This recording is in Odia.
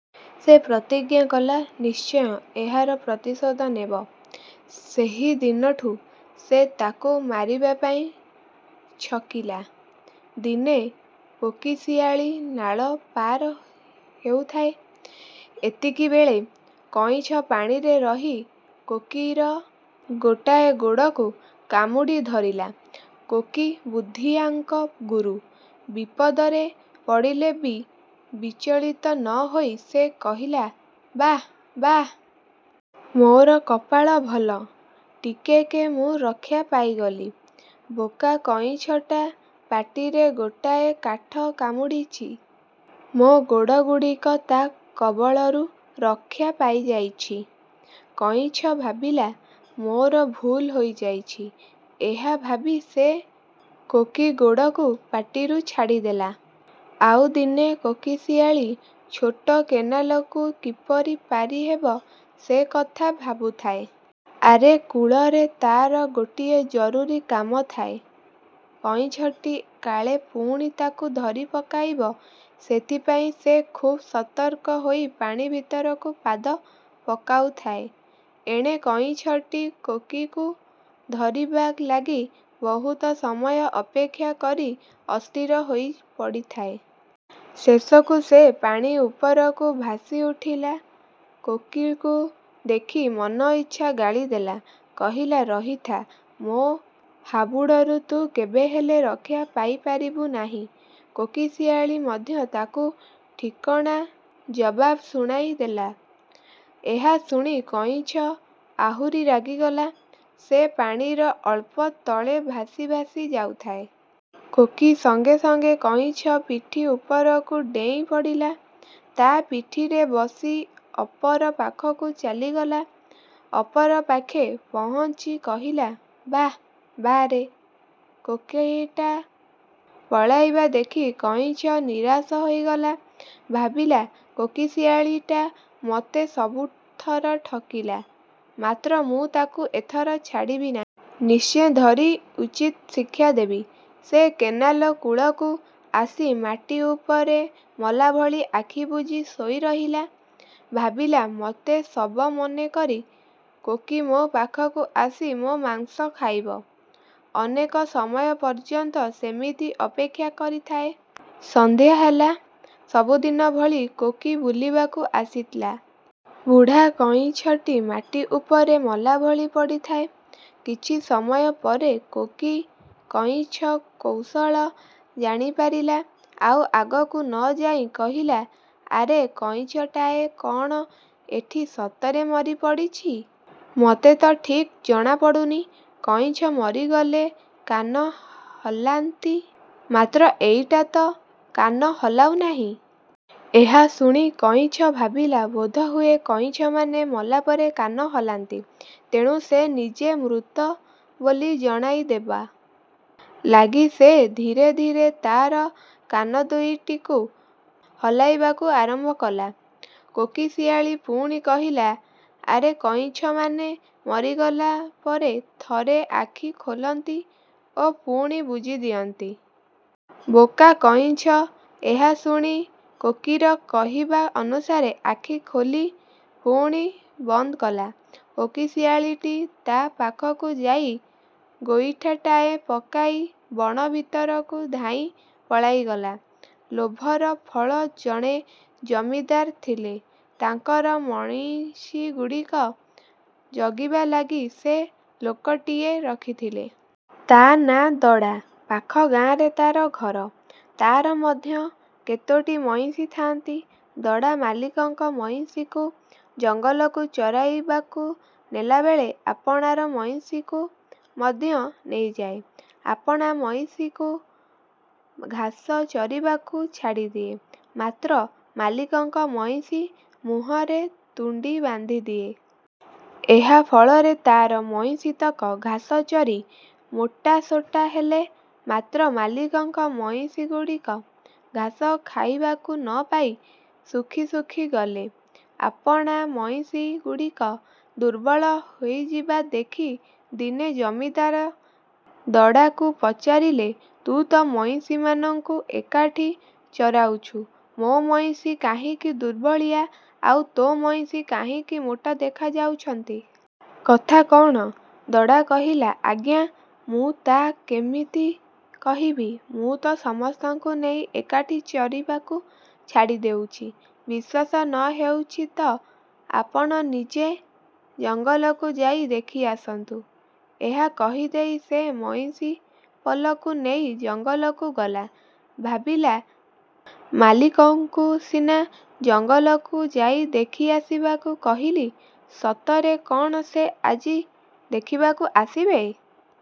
ସେ ପ୍ରତିଜ୍ଞା କଲା, ନିଶ୍ଚୟ ଏହାର ପ୍ରତିଶୋଧ ନେବ। ସେହିଦିନଠୁ ସେ ତାକୁ ମାରିବାପାଇଁ ଛକିଲା। ଦିନେ କୋକିଶିଆଳୀ ନାଳ ପାର ହେଉଥାଏ। ଏତିକିବେଳେ କଇଁଛ ପାଣିରେ ରହି କୋକିର ଗୋଟାଏ ଗୋଡ଼କୁ କାମୁଡ଼ି ଧରିଲା। କୋକି ବୁଦ୍ଧିଆଙ୍କ ଗୁରୁ। ବିପଦରେ ପଡ଼ିଲେ ବି ବିଚଳିତ ନ ହୋଇ ସେ କହିଲା-''ବାଃ ବାଃ! ମୋର କପାଳ ଭଲ। ଟିକେକେ ମୁଁ ରକ୍ଷା ପାଇଗଲି। ବୋକା କଇଁଛଟା ପାଟିରେ ଗୋଟାଏ କାଠ କାମୁଡ଼ିଛି। ମୋ ଗୋଡ଼ଗୁଡ଼ିକ ତା' କବଳରୁ ରକ୍ଷା ପାଇଯାଇଛି। '' କଇଁଛ ଭାବିଲା, ମୋର ଭୁଲ୍ ହୋଇଯାଇଛି। ଏହା ଭାବି ସେ କୋକି ଗୋଡ଼କୁ ପାଟିରୁ ଛାଡ଼ିଦେଲା। ଆଉଦିନେ କୋକିଶିଆଳୀ ଛୋଟ କେନାଲକୁ କିପରି ପାରିହେବ ସେ କଥା ଭାବୁଥାଏ। ଆରେ କୂଳରେ ତା'ର ଗୋଟିଏ ଜରୁରୀ କାମ ଥାଏ। କଇଁଛଟି କାଳେ ପୁଣି ତାକୁ ଧରି ପକାଇବ ଏଥିପାଇଁ ସେ ଖୁବ୍ ସତର୍କ ହୋଇ ପାଣି ଭିତରକୁ ପାଦ ପକାଉଥାଏ। ଏଣେ କଇଁଛଟି କୋକିକୁ ଧରିବା ଲାଗି ବହୁତ ସମୟ ଅପେକ୍ଷା କରି ଅସ୍ଥିର ହୋଇପଡ଼ିଥାଏ। ଶେଷକୁ ସେ ପାଣି ଉପରକୁ ଭାସିଉଠିଲା। କୋକିକୁ ଦେଖି ମନଇଚ୍ଛା ଗାଳିଦେଲା। କହିଲା-''ରହିଥା, ମୋ ହାବୁଡ଼ରୁ ତୁ କେବେହେଲେ ରକ୍ଷା ପାଇପାରିବୁ ନାହିଁ। କୋକିଶିଆଳୀ ମଧ୍ୟ ତାକୁ ଠିକଣା ଜବାବ ଶୁଣାଇ ଦେଲା। ଏହା ଶୁଣି କଇଁଛ ଆହୁରି ରାଗିଗଲା। ସେ ପାଣିର ଅଳ୍ପ ତଳେ ଭାସି ଭାସି ଯାଉଥାଏ। କୋକି ସଙ୍ଗେ ସଙ୍ଗେ କଇଁଛ ପିଠି ଉପରକୁ ଡେଇଁ ପଡ଼ିଲା। ତା' ପିଠିରେ ବସି ଅପର ପାଖକୁ ଚାଲିଗଲା। ଅପର ପାଖେ ପହଞ୍ଚି କହିଲା-''ବାଃ, ବାଃରେ। କୋକିଟା ପଳାଇବା ଦେଖି କଇଁଛ ନିରାଶ ହୋଇଗଲା। '' ଭାବିଲା କୋକିଶିଆଳୀଟା ମୋତେ ସବୁଥର ଠକିଲା; ମାତ୍ର ମୁଁ ତାକୁ ଏଥର ଛାଡ଼ିବିନାହିଁ। ନିଶ୍ଚେ ଧରି ଉଚିତ୍ ଶିକ୍ଷା ଦେବି। ସେ କେନାଲ କୂଳକୁ ଆସି ମାଟି ଉପରେ ମଲାଭଳି ଆଖି ବୁଜି ଶୋଇରହିଲା। ଭାବିଲା-ମୋତେ ଶବ ମନେକରି କୋକି ମୋ ପାଖକୁ ଆସି ମୋ ମାଂସ ଖାଇବ। ଅନେକ ସମୟ ପର୍ଯ୍ୟନ୍ତ ସେମିତି ଅପେକ୍ଷା କରିଥାଏ। ସନ୍ଧ୍ୟା ହେଲା, ସବୁଦିନ ଭଳି କୋକି ବୁଲିବାକୁ ଆସିଲା। ବୁଢ଼ା କଇଁଛଟି ମାଟି ଉପରେ ମଲାଭଳି ପଡ଼ିଥାଏ। କିଛି ସମୟ ପରେ କୋକି କଇଁଛର କୌଶଳ ଜାଣିପାରିଲା। ଆଉ ଆଗକୁ ନଯାଇ କହିଲା-''ଆରେ କଇଁଛଟାଏ କ'ଣ ଏଠି ସତରେ ମରି ପଡ଼ିଛି। ମତେତ ଠିକ୍ ଜଣାପଡ଼ୁନି। କଇଁଛ ମରିଗଲେ କାନ ହଲାନ୍ତି; ମାତ୍ର ଏଇଟାତ କାନ ହଲାଉନାହିଁ। '' ଏହା ଶୁଣି କଇଁଛ ଭାବିଲା ବୋଧହୁଏ କଇଁଛମାନେ ମଲାପରେ କାନ ହଲାନ୍ତି। ତେଣୁ ସେ ନିଜେ ମୃତ ବୋଲି ଜଣାଇ ଦେବା। ଲାଗି ସେ ଧୀରେ ଧୀରେ ତା'ର କାନଦୁଇଟିକୁ ହଲାଇବାକୁ ଆରମ୍ଭକଲା। କୋକିଶିଆଳୀ ପୁଣି କହିଲା-''ଆରେ କଇଁଛମାନେ ମରିଗଲା ପରେ ଥରେ ଆଖି ଖୋଲନ୍ତି ଓ ପୁଣି ବୁଜିଦିଅନ୍ତି। '' ବୋକା କଇଁଛ ଏହା ଶୁଣି କୋକିର କହିବା ଅନୁସାରେ ଆଖି ଖୋଲି ପୁଣି ବନ୍ଦକଲା। କୋକିଶିଆଳୀଟି ତା' ପାଖକୁ ଯାଇ ଗୋଇଠାଟାଏ ପକାଇ ବଣ ଭିତରକୁ ଧାଇଁ ପଳାଇଗଲା। ଲୋଭର ଫଳ ଜଣେ ଜମିଦାର ଥିଲେ। ତାଙ୍କର ମଇଁଷିଗୁଡ଼ିକ ଜଗିବା ଲାଗି ସେ ଲୋକଟିଏ ରଖିଥିଲେ। ତା' ନା ଦଡ଼ା। ପାଖ ଗାଁରେ ତା'ର ଘର। ତା'ର ମଧ୍ୟ କେତୋଟି ମଇଁଷି ଥାଆନ୍ତି। ଦଡ଼ା ମାଲିକଙ୍କ ମଇଁଷିଙ୍କୁ ଜଙ୍ଗଲକୁ ଚରାଇବାକୁ ନେଲାବେଳେ ଆପଣାର ମଇଁଷିଙ୍କୁ ମଧ୍ୟ ନେଇଯାଏ। ଆପଣା ମଇଁଷିଙ୍କୁ ଘାସ ଚରିବାକୁ ଛାଡ଼ିଦିଏ; ମାତ୍ର ମାଲିକଙ୍କ ମଇଁଷି ମୁହଁରେ ତୁଣ୍ଡି ବାନ୍ଧିଦିଏ। ଏହା ଫଳରେ ତା'ର ମଇଁଷିତକ ଘାସ ଚରି ମୋଟାସୋଟା ହେଲେ; ମାତ୍ର ମାଲିକଙ୍କ ମଇଁଷିଗୁଡ଼ିକ ଘାସ ଖାଇବାକୁ ନପାଇ ଶୁଖିଶୁଖି ଗଲେ। ଆପଣା ମଇଁଷିଗୁଡ଼ିକ ଦୁର୍ବଳ ହୋଇଯିବା ଦେଖି ଦିନେ ଜମିଦାର ଦଡ଼ାକୁ ପଚାରିଲେ-''ତୁ ତ ମଇଁଷିମାନଙ୍କୁ ଏକାଠି ଚରାଉଛୁ, ମୋ ମଇଁଷି କାହିଁକି ଦୁର୍ବଳିଆ, ଆଉ ତୋ ମଇଁଷି କାହିଁକି ମୋଟା ଦେଖାଯାଉଛନ୍ତି? କଥା କ'ଣ? '' ଦଡ଼ା କହିଲା-''ଆଜ୍ଞା ମୁଁ ତା' କେମିତି କହିବି? ମୁ ତ ସମସ୍ତଙ୍କୁ ନେଇ ଏକାଠି ଚରିବାକୁ ଛାଡ଼ିଦେଉଛି। ବିଶ୍ୱାସ ନ ହେଉଛି ତ ଆପଣ ନିଜେ ଜଙ୍ଗଲକୁ ଯାଇ ଦେଖିଆସନ୍ତୁ। ଏହା କହିଦେଇ ସେ ମଇଁଷିପଲକୁ ନେଇ ଜଙ୍ଗଲକୁ ଗଲା। ଭାବିଲା ମାଲିକଙ୍କୁ ସିନା ଜଙ୍ଗଲକୁ ଯାଇ ଦେଖି ଆସିବାକୁ କହିଲି, ସତରେ କ'ଣ ସେ ଆଜି ଦେଖିବାକୁ ଆସିବେ!